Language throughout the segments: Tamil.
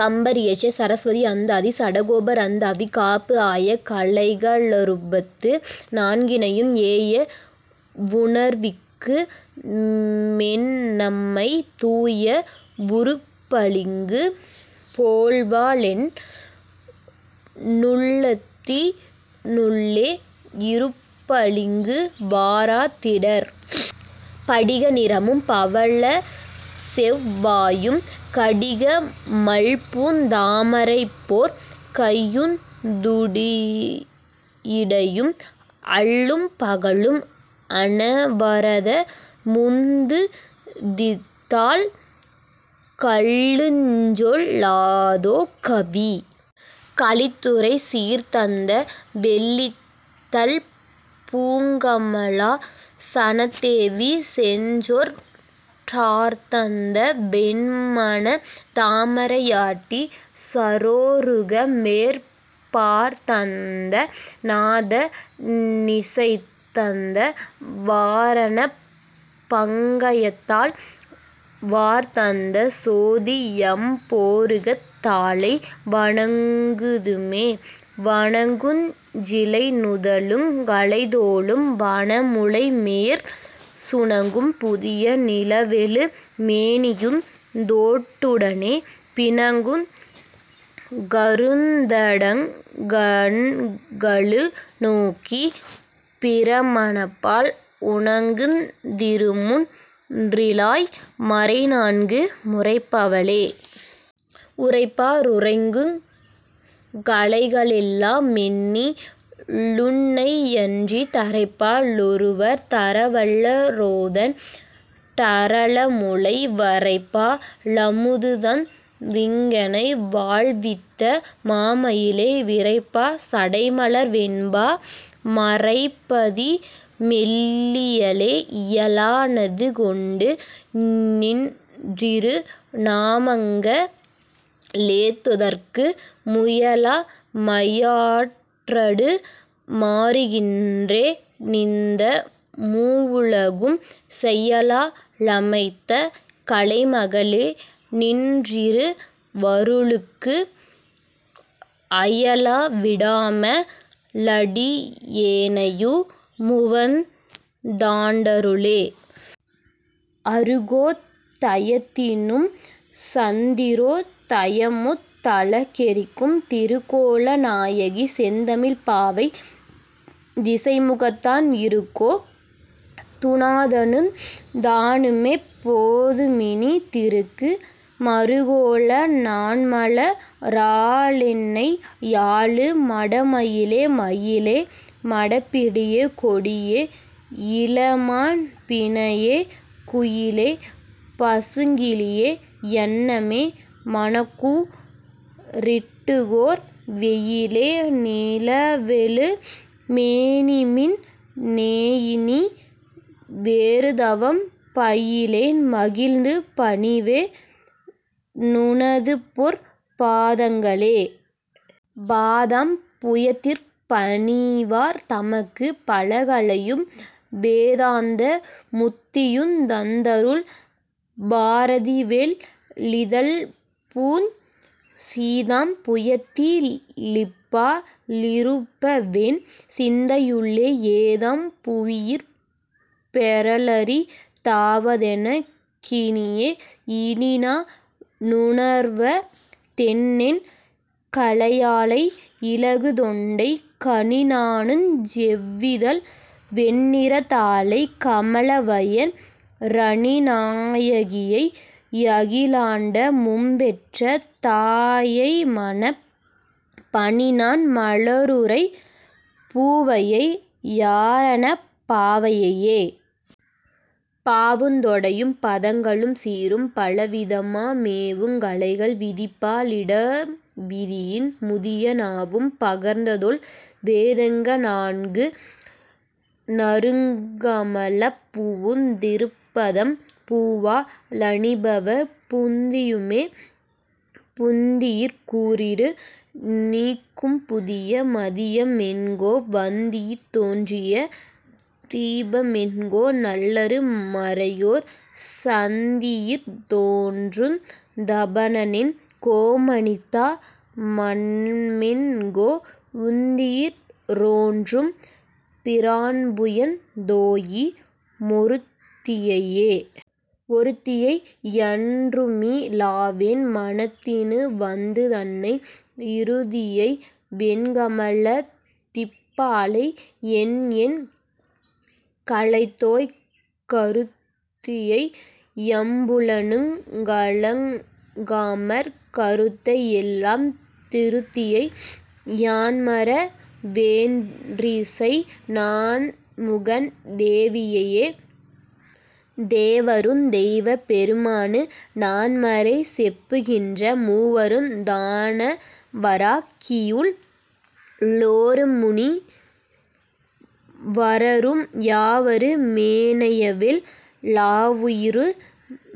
கம்பர் இயற்றிய சரஸ்வதி அந்தாதி, சடகோபர் அந்தாதி காப்பு ஆய கலைக ளறுபத்து நான்கினையும் ஏய வுணர்விக்கு மென்னம்மை தூய வுருப்பளிங்கு போல்வாளென் னுள்ளத்தி னுள்ளே யிருப்பளிங்கு வாரா திடர். படிக நிறமும் பவளச்செவ் வாயும் கடிகமழ்பூந் தாமரைபோற் கையுந் துடியிடையும் அல்லும் பகலும் அனவரத முந்துதித்தால் கல்லுஞ்சொல் லாதோ கவி. கலித்துறை சீர்தந்த வெள்ளிதழ்ப் பூங்கமலா சனத்தேவி செஞ்சொற் றார்தந்த வென்மனத் தாமரையாட்டி சரோருக மேற் பார்தந்த நாத னிசைதந்த வாரணப் பங்கயத்தாள் வார்தந்த சோதி யம்போருகத் தாளை வணங்குதுமே. வணங்குஞ் சிலைநுதலுங் கழைத்தோளும் வனமுலை மேற் சுணங்கும் புதிய நிலவெழு மேனியுந் தோட்டுடனே பிணங்குங் கருந்தடங் கண்களு நோக்கிப் பிரமனன்பால் உணங்குந் திருமுன் றிலாய் மறைநான்கு முரைப்பவளே. உரைப்பா ருரைக்குங் கலைகளெல்லா மெண்ணி லுன்னையன்றித் தரைப்பா லொருவர் தரவல்ல ரோதண் டரளமுலை வரைப்பா லமுதுதந் திங்கெனை வாழ்வித்த மாமயிலே விரைப்பா சடைமலர் வெண்டா மரைப்பதி மெல்லியலே. இயலா னதுகொண்டு நின்றிரு நாமங்க ளேத்துதற்கு முயலா மையாற்றடு மாறுகின்றே னிந்த மூவுலகும் செயலா லமைத்த கலைமகளே நின்றிரு வருளுக்கு அயலா விடாம லடியேனையு முவந் தாண்டருளே. அருக்கோ தயத்தினும் சந்திரோ தயமொத் தழகெறிக்கும் திருக்கோல நாயகி செந்தமிழ்ப் பாவை திசைமுகத்தான் இருக்கோ துநாதனுந் தானுமெப் போதுமினி திருக்கு மருக்கோல நாண்மல ராளென்னை யாளு மடமயிலே. மயிலே மடப்பிடியே கொடியே யிளமான் பிணையே குயிலே பசுங்கிளியே யன்னமே மனக்கூ ரிருட்கோர் வெயிலே நிலவெழு மேனிமின் னேயினி வேறுதவம் பயிலேன் மகிழ்ந்து பணிவே னுனதுபொற் பாதங்களே. பாதாம் புயத்திற் பணிவார் தமக்குப் பலகலையும் வேதாந்த முத்தியுந் தந்தருள் பாரதிவெள் ளிதழ்ப்பூஞ் சீதாம் புயத்தி லிருப்பா ளிருப்பவென் சிந்தையுள்ளே ஏதாம் புவியிற் பெறலரி தாவதெனக் கினியே. இனிநா னுணர்வ தெண்ணெண் கலையாளை இலகுதொண்டைக் கனிநாணுஞ் செவ்விதழ் வெண்ணிறத் தாளைக் கமலவயன் றனிநாயகியை யகிலாண்ட மும்பெற்ற தாயைமணப் பனிநாண் மலருறை பூவையை யாரணப் பாவையையே. பாவுந் தொடையும் பதங்களும் சீரும் பலவிதமா மேவுங் கலைகள் விதிப்பா ளிடம்விதியின் முதிய நாவும் பகர்ந்ததொல் வேதங்க ணான்கு நறுங்கமலப் பூவுந் திருப்பதம் பூவா லணிபவர் புந்தியுமே. புந்தியிற் கூரிரு ணீக்கும்புதிய மதிய மென்கோ வந்தியிற் றோன்றிய தீபமென்கோ நல்லரு மறையோர் சந்தியிற் றோன்றுந் தபனனென் கோமணித்தா மமென்கோ உந்தியிற் றோன்றும் பிரான்புயந் தோயு மொருத்தியையே. ஒருத்தியை யன்றுமி லாவென் மனத்தினு வந்துதன்னை இருத்தியை வெண்கமலத் திப்பாளை யெண்ணெண் கலைதோய் கருத்தியை யைம்புலனுங் கலங்காமற் கருத்தை யெல்லாம் திருத்தியை யான்மற வேன்றிசை நான்முகன் தேவியையே. தேவருந் தெய்வப் பெருமானு நான்மறை செப்புகின்ற மூவருந் தானவரா கியுள் ளோருமுனி வரரும் யாவரு மேனையவெல் லாவுயிரு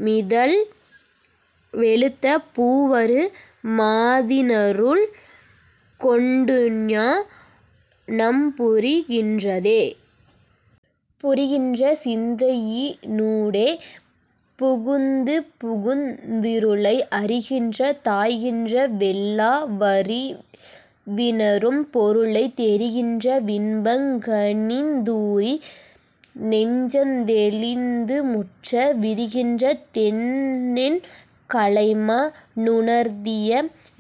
மிதழ் வெளுத்த பூவரு மாதினருள் கொண்டுஞா னம்புரி கின்றதே. புரிகின்ற சிந்தையி னூடே புகுந்துபுகுந் திருளை அரிகின்ற தாய்கின்ற வெல்லா வறிவினரும் பொருளைத் தெரிகின்ற வின்பங் கனிந்தூறி நெஞ்சந்தெ ளிந்துமுற்ற விரிகின்ற தெண்ணெண் கலைமா னுணர்த்திய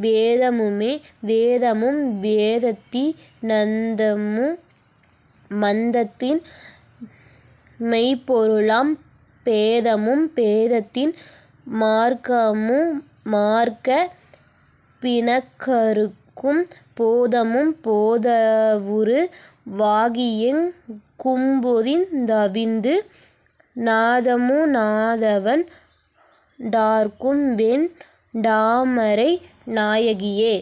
வேதமுமே. வேதமும் வேதத்தி னந்தமு மந்தத்தின் மெய்ப்பொருளாம் பேதமும் பேதத்தின் மார்க்கமு மார்க்கப் பிணக்கறுக்கும் போதமும் போதவுரு வாகியெங் கும்பொதிந் தவிந்து நாதமு நாதவண் டார்க்கும்வெண் டாமரை நாயகியே.